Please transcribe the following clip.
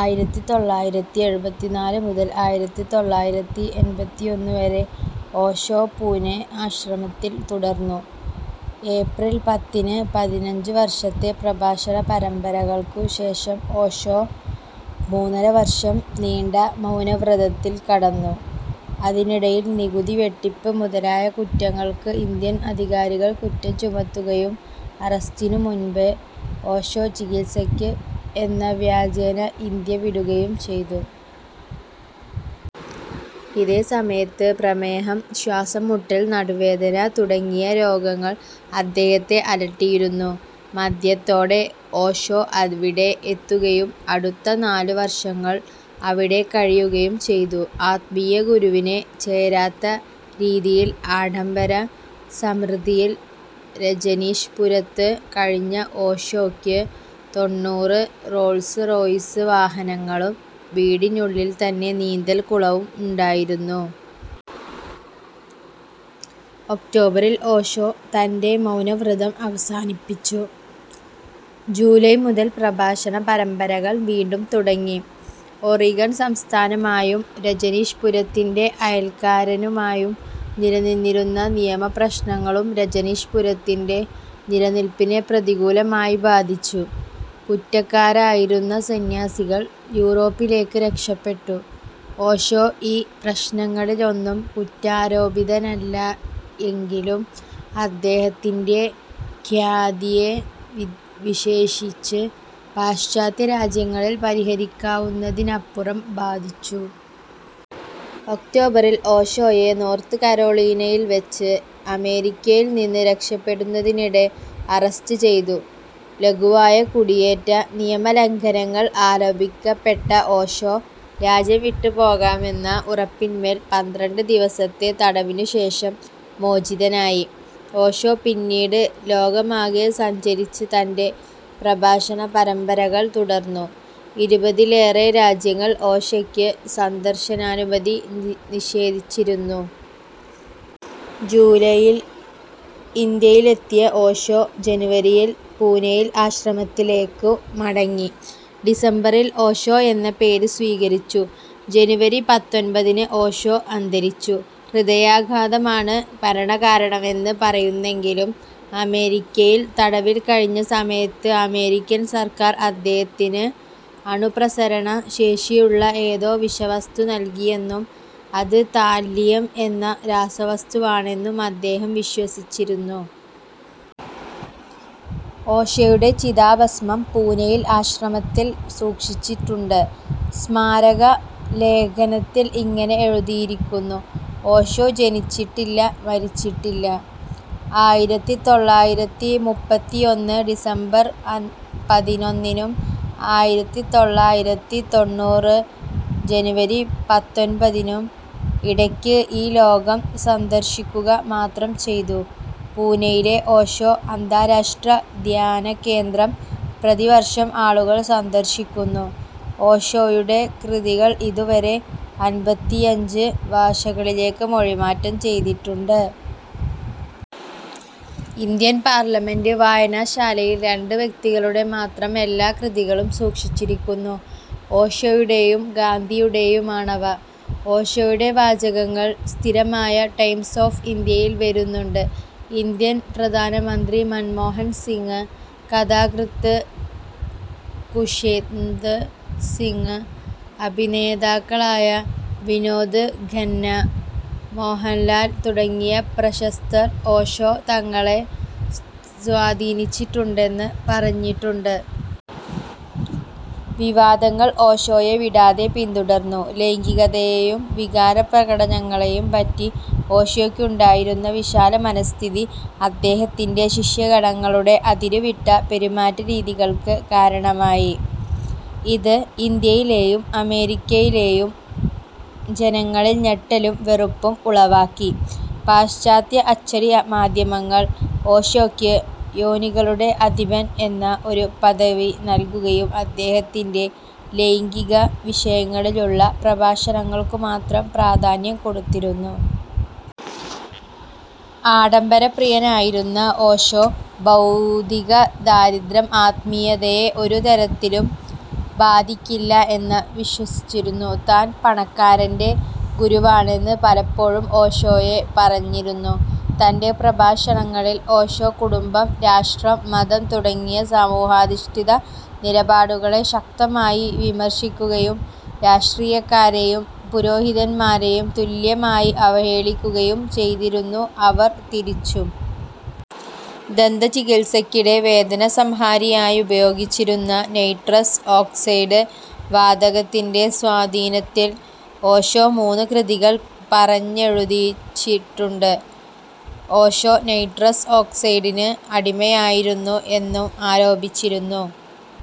ആയിരത്തിത്തൊള്ളായിരത്തിഎഴുപത്തിനാല് മുതൽ ആയിരത്തിതൊള്ളായിരത്തിഎൻപത്തിയൊന്നു വരെ ഓഷോ പൂനെ ആശ്രമത്തിൽ തുടർന്നു. ഏപ്രിൽ പത്തിന് ,പതിനഞ്ച് വർഷത്തെ പ്രഭാഷണ പരമ്പരകൾക്കു ശേഷം ഓഷോ മൂന്നരവർഷം നീണ്ട മൗനവ്രതത്തിൽ കടന്നു. ഇതിനിടയിൽ നികുതി വെട്ടിപ്പ് മുതലായ കുറ്റങ്ങൾക്ക് ഇന്ത്യൻ അധികാരികൾ കുറ്റം ചുമത്തുകയും അറസ്റ്റിനു മുൻപ് ഓഷോ ചികിത്സയ്ക്ക് എന്ന വ്യാജേന ഇന്ത്യ വിടുകയും ചെയ്തു. ഇതേ സമയത്ത് പ്രമേഹം, ശ്വാസം മുട്ടൽ, നടുവേദന തുടങ്ങിയ രോഗങ്ങൾ അദ്ദേഹത്തെ അലട്ടിയിരുന്നു. മധ്യത്തോടെ ഓഷോ അവിടെ എത്തുകയും അടുത്ത നാലു വർഷങ്ങൾ അവിടെ കഴിയുകയും ചെയ്തു. ആത്മീയ ഗുരുവിനു ചേരാത്തരീതിയിൽ ആഡംബര സമൃദ്ധിയിൽ രജനീഷ്പുരത്ത് കഴിഞ്ഞ ഓഷോക്ക് തൊണ്ണൂറ് റോൾസ് റോയ്സ് വാഹനങ്ങളും വീടിനുള്ളിൽത്തന്നെ നീന്തൽക്കുളവും ഉണ്ടായിരുന്നു. ഒക്ടോബറിൽ ഓഷോ തന്റെ മൗനവ്രതം അവസാനിപ്പിച്ചു. ജൂലൈ മുതൽ പ്രഭാഷണ പരമ്പരകൾ വീണ്ടും തുടങ്ങി. ഓറിഗൺ സംസ്ഥാനമായും രജനീഷ്പുരത്തിന്റെ അയൽക്കാരുമായും നിലനിന്നിരുന്ന നിയമ പ്രശ്നങ്ങളും രജനീഷ്പുരത്തിന്റെ നിലനിൽപ്പിനെ പ്രതികൂലമായി ബാധിച്ചു. കുറ്റക്കാരായിരുന്ന സന്ന്യാസികൾ യൂറോപ്പിലേക്ക് രക്ഷപെട്ടു. ഓഷോ ഈ പ്രശ്നങ്ങളിലൊന്നും കുറ്റാരോപിതനായില്ലയെങ്കിലും അദ്ദേഹത്തിന്റെ ഖ്യാതിയെ വിശേഷിച്ച് പാശ്ചാത്യ രാജ്യങ്ങളിൽ പരിഹരിക്കാവുന്നതിനപ്പുറം ബാധിച്ചു. ഒക്ടോബറിൽ, ഓഷോയെ നോർത്ത് കരോളീനയിൽ വച്ച് അമേരിക്കയിൽ നിന്ന് രക്ഷപെടുന്നതിനിടെ അറസ്റ്റ് ചെയ്തു. ലഘുവായ കുടിയേറ്റ നിയമ ലംഘനങ്ങൾ ആരോപിക്കപ്പെട്ട ഓഷോ, രാജ്യം വിട്ടുപോകാമെന്ന ഉറപ്പിന്മേൽ പന്ത്രണ്ട് ദിവസത്തെ തടവിനു ശേഷം മോചിതനായി. ഓഷോ പിന്നീട് ലോകമാകെ സഞ്ചരിച്ച് തന്റെ പ്രഭാഷണ പരമ്പരകൾ തുടർന്നു. ഇരുപതിലേറെ രാജ്യങ്ങൾ ഓഷയ്ക്ക് സന്ദർശനാനുമതി നിഷേധിച്ചിരുന്നു. ജൂലൈയിൽ ഇന്ത്യയിലെത്തിയ ഓഷോ, ജനുവരിയിൽ പൂനെയിലെ ആശ്രമത്തിലേക്കു മടങ്ങി. ഡിസംബറിൽ ഓഷോ എന്ന പേര് സ്വീകരിച്ചു. ജനുവരി പത്തൊൻപതിന് ഓഷോ അന്തരിച്ചു. ഹൃദയാഘാതമാണ് മരണകാരണമെന്ന് പറയുന്നതെങ്കിലും, അമേരിക്കയിൽ തടവിൽ കഴിഞ്ഞ സമയത്ത് അമേരിക്കൻ സർക്കാർ അദ്ദേഹത്തിന് അണുപ്രസരണ ശേഷിയുള്ള ഏതോ വിഷവസ്തു നൽകിയെന്നും അത് താല്ലിയം എന്ന രാസവസ്തുവാണെന്നും അദ്ദേഹം വിശ്വസിച്ചിരുന്നു. ഓഷോയുടെ ചിതാഭസ്മം പൂനെയിലെ ആശ്രമത്തിൽ സൂക്ഷിച്ചിട്ടുണ്ട്. സ്മാരക ലേഘനത്തിൽ ഇങ്ങനെ എഴുതിയിരിക്കുന്നു "ഓഷോ ജനിച്ചിട്ടില്ല മരിച്ചിട്ടില്ല ". ആയിരത്തിതൊള്ളായിരത്തിമുപ്പത്തിയൊന്ന് ഡിസംബർ പതിനൊന്നിനും, ആയിരത്തിതൊള്ളായിരത്തിത്തൊണ്ണൂറ്‍ ജനുവരി പത്തൊൻപതിനും ഇടയ്ക്ക് ഈ ലോകം സന്ദർശിക്കുക മാത്രം ചെയ്തു. പൂനെയിലെ ഓഷോ അന്താരാഷ്ട്ര ധ്യാനകേന്ദ്രം പ്രതിവർഷം ആളുകൾ സന്ദർശിക്കുന്നു. ഓഷോയുടെ കൃതികൾ ഇതു വരെ അൻപത്തിയഞ്ച് ഭാഷകളിലേക്ക് മൊഴിമാറ്റം ചെയ്തിട്ടുണ്ട്. ഇന്ത്യൻ പാർലമന്റ് വായനശാലയിൽ രണ്ട് വ്യക്തികളുടെ മാത്രം എല്ലാ കൃതികളും സൂക്ഷിച്ചിരിക്കുന്നു ഓഷോയുടെയും ഗാന്ധിയുടെയുമാണവ. ഓഷോയുടെ വാചകങ്ങൾ സ്ഥിരമായി ടൈംസ് ഓഫ് ഇന്ത്യയിൽ വരുന്നുണ്ട്. ഇന്ത്യൻ പ്രധാനമന്ത്രി മൻമോഹൻ സിംഗ്, കഥാകൃത്ത് ഖുശ്വന്ത് സിങ്, അഭിനേതാക്കളായ വിനോദ് ഖന്ന, മോഹൻലാൽ തുടങ്ങിയ പ്രശസ്തർ ഓഷോ തങ്ങളെ സ്വാധീനിച്ചിട്ടുണ്ടന്ന് പറഞ്ഞിട്ടുണ്ട്. വിവാദങ്ങൾ ഓഷോയെ വിടാതെ പിന്തുടർന്നു. ലൈംഗികതെയും വികാരപ്രകടനങ്ങളെയും പറ്റി ഓഷോയ്ക്കുണ്ടായിരുന്ന വിശാല മനഃസ്ഥിതി അദ്ദേഹത്തിന്റെ ശിഷ്യഗണങ്ങളുടെ അതിരുവിട്ട പെരുമാറ്റരീതികൾക്ക് കാരണമായി. ഇത് ഇന്ത്യയിലേയും അമേരിക്കയിലേയും ജനങ്ങളിൽ ഞെട്ടലും വെറുപ്പും ഉളവാക്കി. പാശ്ചാത്യ അച്ചടി മാധ്യമങ്ങൾ, ഓഷോയ്ക്ക് "യോനികളുടെ അധിപൻ" എന്ന ഒരു പദവി നൽകുകയും, അദ്ദേഹത്തിന്റെ ലൈംഗിക വിഷയങ്ങളിലുള്ള പ്രഭാഷണങ്ങൾക്കു മാത്രം പ്രാധാന്യം കൊടുത്തിരുന്നു. ആഡംബര പ്രിയനായിരുന്ന ഓഷോ, ഭൗതിക ദാരിദ്ര്യം ആത്മീയതയെ ഒരു തരത്തിലും ബാധിക്കില്ല എന്ന് വിശ്വസിച്ചിരുന്നു. താൻ പണക്കാരന്റെ ഗുരുവാണെന്ന് പലപ്പോഴും ഓഷോ പറഞ്ഞിരുന്നു. തന്റെ പ്രഭാഷണങ്ങളിൽ ഓഷോ കുടുംബം, രാഷ്ട്രം, മതം തുടങ്ങിയ സമൂഹാധിഷ്ഠിത നിലപാടുകളെ ശക്തമായി വിമർശിക്കുകയും, രാഷ്ട്രീയക്കാരേയും പുരോഹിതന്മാരേയും, തുല്യമായി അവഹേളിക്കുകയും ചെയ്തിരുന്നു അവർ തിരിച്ചും. ദന്ത ചികിത്സയ്ക്കിടെ വേദന സംഹാരിയായുപയോഗിച്ചിരുന്ന നൈട്രസ് ഓക്സൈഡ് വാതകത്തിന്റെ സ്വാധീനത്തിൽ ഓഷോ മൂന്ന് കൃതികൾ പറഞ്ഞെഴുതിച്ചിട്ടുണ്ട്. ഓഷോ നൈട്രസ് ഓക്സൈഡിന് അടിമയായിരുന്നു എന്നും ആരോപിച്ചിരുന്നു.